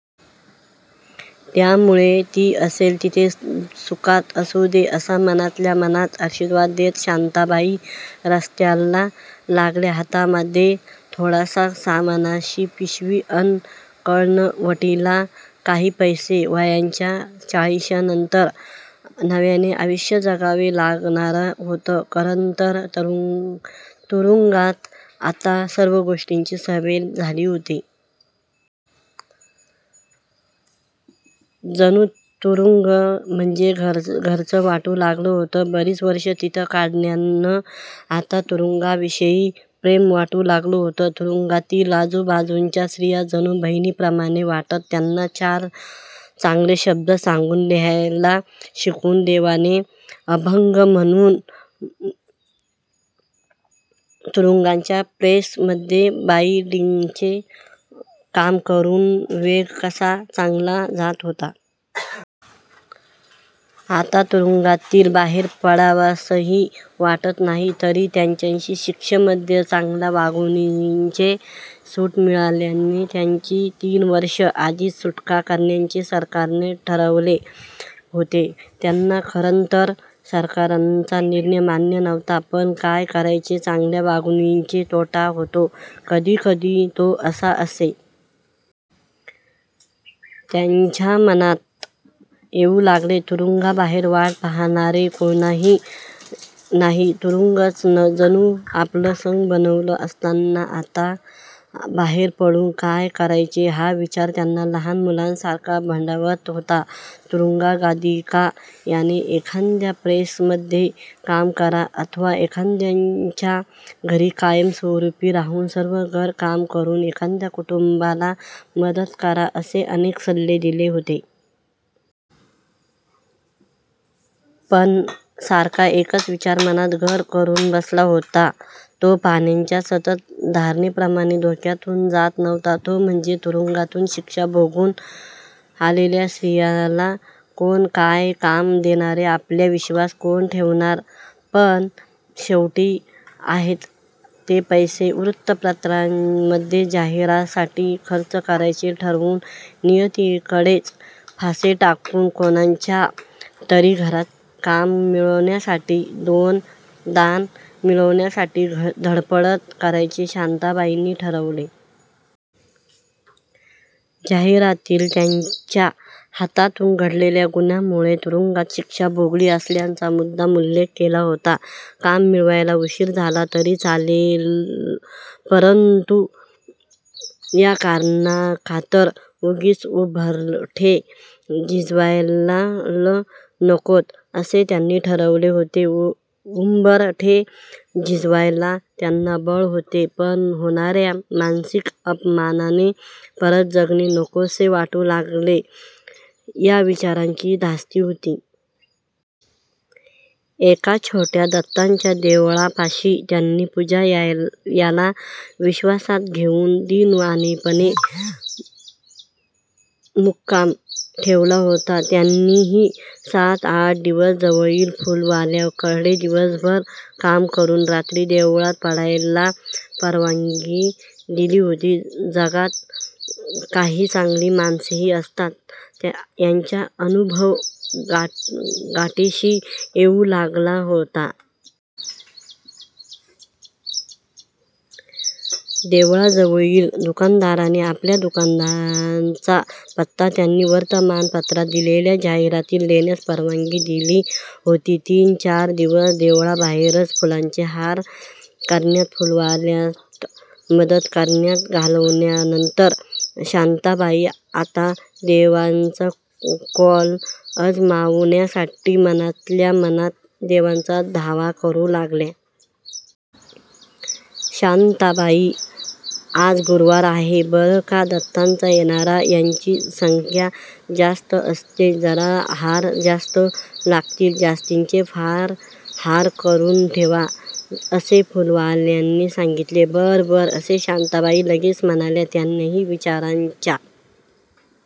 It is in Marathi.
त्यामुळे ती असेल तिथे सुखात असू दे, असा मनातल्या मनात आशीर्वाद देत शांताबाई रस्त्याला लागल्या. हातामध्ये थोड्याशा सामानाची पिशवी अन् कनवटीला काही पैसे वयाच्या चाळीश्यानंतर नव्याने आयुष्य जगावे लागणारा होतं. खरंतर तुरुंगात आता सर्व गोष्टीची सवय झाली होती. जणू तुरुंग म्हणजे घरच वाटू लागलं होतं. बरीच वर्षे तिथं काढल्यानं आता तुरुंगाविषयी प्रेम वाटू लागलं होतं. तुरुंगातील आजूबाजूच्या स्त्रिया जणू बहिणीप्रमाणे वाटत. त्यांना चार चांगले शब्द सांगून, लिहायला शिकवून, देवाने अभंग म्हणून, तुरुंगाच्या प्रेसमध्ये बाईंडिंगचे काम करून वेळ कसा चांगला जात होता. आता तुरुंगातील बाहेर पडावसंही वाटत नाही तरी त्यांच्या शिक्षेमध्ये चांगल्या वागणूकीने सूट मिळाल्याने त्यांची तीन वर्षे आधीच सुटका करण्याचे सरकारने ठरवले होते. त्यांना खरंतर सरकारांचा निर्णय मान्य नव्हता. पण काय करायचे? चांगल्या वागणुकी तोटा होतो कधी-कधी तो असा.असे त्यांच्या मनात येऊ लागले. तुरुंगाबाहेर वाट पहाणारे कोणही नाही. तुरुंगच जणू आपलं जग बनवलं असताना आता बाहेर पडून काय करायचे? हा विचार त्यांना लहान मुलासारखा भंडावत होता. तुरुंगाधिका‌ यांनी एखाद्या प्रेसमध्ये काम करा, अथवा एखाद्याच्या घरी कायमस्वरुपी राहून सर्व घरकाम करून एखाद्या कुटुंबाला मदत करा असे अनेक सल्ले दिले होते. पण सारखा एकच विचार मनांत घर करुन बसला होता, तो पाण्याच्या संतत धारनीप्रमाणे डोक्यातून जात नव्हता, तो म्हणजे तुरुंगातून शिक्षा भोगून आलेल्या स्त्रीयाला कोण काय काम देणार? आपले विश्वास कोण ठेवणार? पण शेवटी आहेत ते पैसे व्रुत्तपत्रामध्ये जाहिरासाठी खर्च करायचे ठरवून, नियतीकडेच फासे टाकून कुणाच्या तरी घरात काम मिळवण्यासाठी दोन दान मिळवण्यासाठी घड्पड करायचे शांताबाईंनी ठरवले. जाहिरातील त्यांच्या हातातून घडलेल्या गुन्ह्यामुळे तुरुंगात शिक्षा भोगली असल्याचा मुद्दाम उल्लेख केला होता. काम मिळायला उशीर झाला तरी चालेल परंतु या कारणाखातर उगीच उंबरठे झिजवायल नकोत असे त्यांनी ठरवले होते. उंबरठे झिजवायला त्यांना बळ होते पण होणा-या मानसिक अपमानाने परत जगणे नकोसे वाटू लागेल या विचाराची धास्ती होती. एका छोट्या दत्ताच्या देवळापाशी त्यांनी पुजा-याला विश्वासात घेऊन दीनवाणेपणे मुक्काम ठेवला होता. त्यानीही सात्-आठ दिवस जवळील फुलवाल्याकडे दिवसभर काम करुन रात्री देवळात पडायला परवानगी दिली होती. जगात काही चांगली माणसेही असतात याचा अनुभव गाठीशी येऊ लागला होता. देवळाजवळील दुकानदाराने आपल्या दुकानाचा पत्ता त्यांनी वर्तमानपत्रात दिलेल्या जाहिरातीत देण्यास परवानगी दिली होती. तीन्-चार दिवस देवळाबाहेरच फुलांचे हार करण्यात फुलवाल्यात मदत करण्यात घालवल्यानंतर शांताबाई आता दैवाचा कौल अजमावण्यासाठी मनातल्या मनात देवाचा धावा करु लागल्या. "शांताबाई, आज गुरुवार आहे. बरं का, दत्ताचा येणारा यांची संख्या जास्त असते. जरा हार जास्त लागतील. जास्तीचे हार करुन ठेवा. " असे फुलवाल्याने सांगितले. "बरं-बरं " असे शांताबाई लगेचच म्हणाल्या. त्यांनाही विचारांच्या--